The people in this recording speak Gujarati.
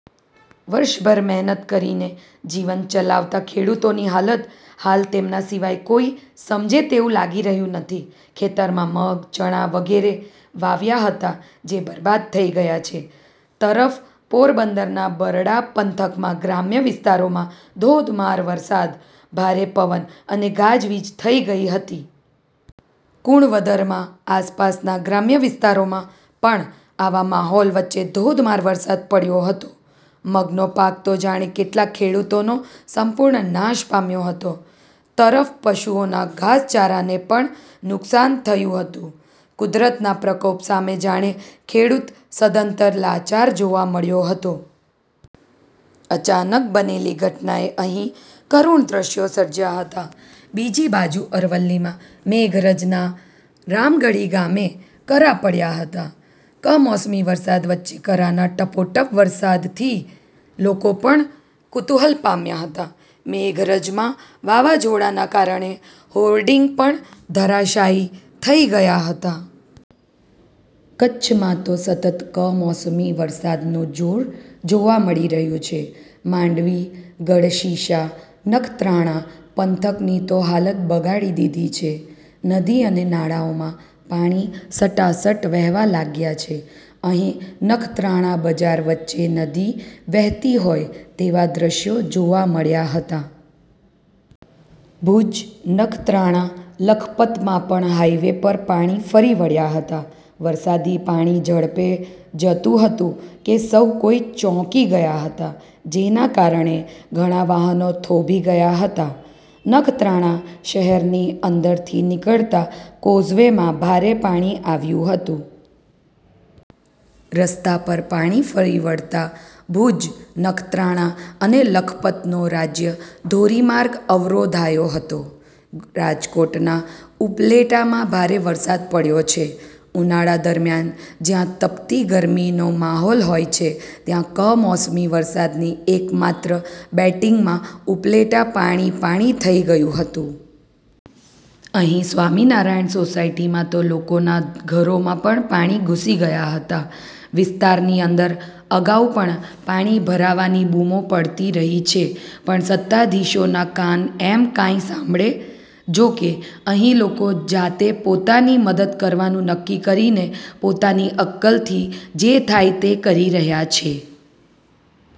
વર્ષભર મહેનત કરીને જીવન ચલાવતા ખેડૂતોની હાલત હાલ તેમના સિવાય કોઈ સમજે તેવું લાગી રહ્યું નથી. ખેતરમાં મગ, ચણા વગેરે વાવ્યા હતા જે બરબાદ થઈ ગયા છે. તરફ પોરબંદરના બરડા પંથકમાં ગ્રામ્ય વિસ્તારોમાં ધોધમાર વરસાદ, ભારે પવન અને ગાજવીજ થઈ ગઈ હતી. કુણવદરમાં આસપાસના ગ્રામ્ય વિસ્તારોમાં પણ આવા માહોલ વચ્ચેધોધમાર વરસાદ પડ્યો હતો. મગનો પાક તો જાણે કેટલાક ખેડૂતોનો સંપૂર્ણ નાશ પામ્યો હતો. તરફ પશુઓના ઘાસચારાને પણ નુકસાન થયું હતું. કુદરતના પ્રકોપ સામે જાણે ખેડૂત સદંતર લાચાર જોવા મળ્યો હતો. અચાનક બનેલીઘટનાએ અહીં કરુણ દ્રષ્યો સર્જ્યા હતા. બીજી બાજુ અરવલ્લીમાં મેઘરજના રામગઢી ગામે કરા પડ્યા હતા. કમોસમી વરસાદ વચ્ચે કરાના ટપોટપ વરસાદથી લોકો પણ કુતુહલ પામ્યા હતા. મેઘરજમાં વાવાઝોડાના કારણે હોર્ડિંગ પણ ધરાશાયી થઈ ગયા હતા. કચ્છમાં તો સતત કમોસમી વરસાદનું જોર જોવા મળી રહ્યું છે. માંડવી, ગઢશીશા, નખત્રાણા પંથકની તો હાલતબગાડી દીધી છે. નદી અને નાળાઓમાં પાણી સટાસટ વહેવા લાગ્યા છે. અહીં નખત્રાણા બજાર વચ્ચેનદી વહેતી હોય તેવા દ્રષ્યો જોવા મળ્યા હતા. ભૂજ, નખત્રાણા, લખપતમાં પણ હાઈવે પર પાણી ફરી વળ્યા હતા. વરસાદી પાણીઝડપે જતું હતું કે સહુ કોઈ ચોંકી ગયા હતા. જેના કારણે ઘણા વાહનો થોભી ગયા હતા. નખત્રાણા શહેરની અંદરથી નીકળતા કોઝવેમાં ભારે પાણી આવ્યું હતું. રસ્તા પર પાણી ફરી વળતા ભુજ, નખત્રાણા અને લખપતનો રાજ્ય ધોરીમાર્ગ અવરોધાયો હતો. રાજકોટના ઉપલેટામાં ભારે વરસાદ પડ્યો છે. ઉનાળા દરમિયાન જ્યાં તપતી ગરમીનો માહોલ હોય છે ત્યાં કમોસમી વરસાદની એક માત્ર બેટિંગમાંઉપલેટા પાણી પાણી થઈ ગયું હતું. અહીં સ્વામિનારાયણ સોસાયટીમાં તો લોકોના ઘરોમાં પણ પાણી ઘૂસી ગયા હતા. વિસ્તારની અંદર અગાઉ પણ પાણી ભરાવાની બુમો પડતી રહી છે પણ સત્તાધિશોના કાન એમ કાંઈ સાંભળે? જોકે અહીં લોકો જાતેપોતાની મદદ કરવાનું નક્કી કરીને પોતાની અક્કલથી જે થાય તે કરી રહ્યા છે.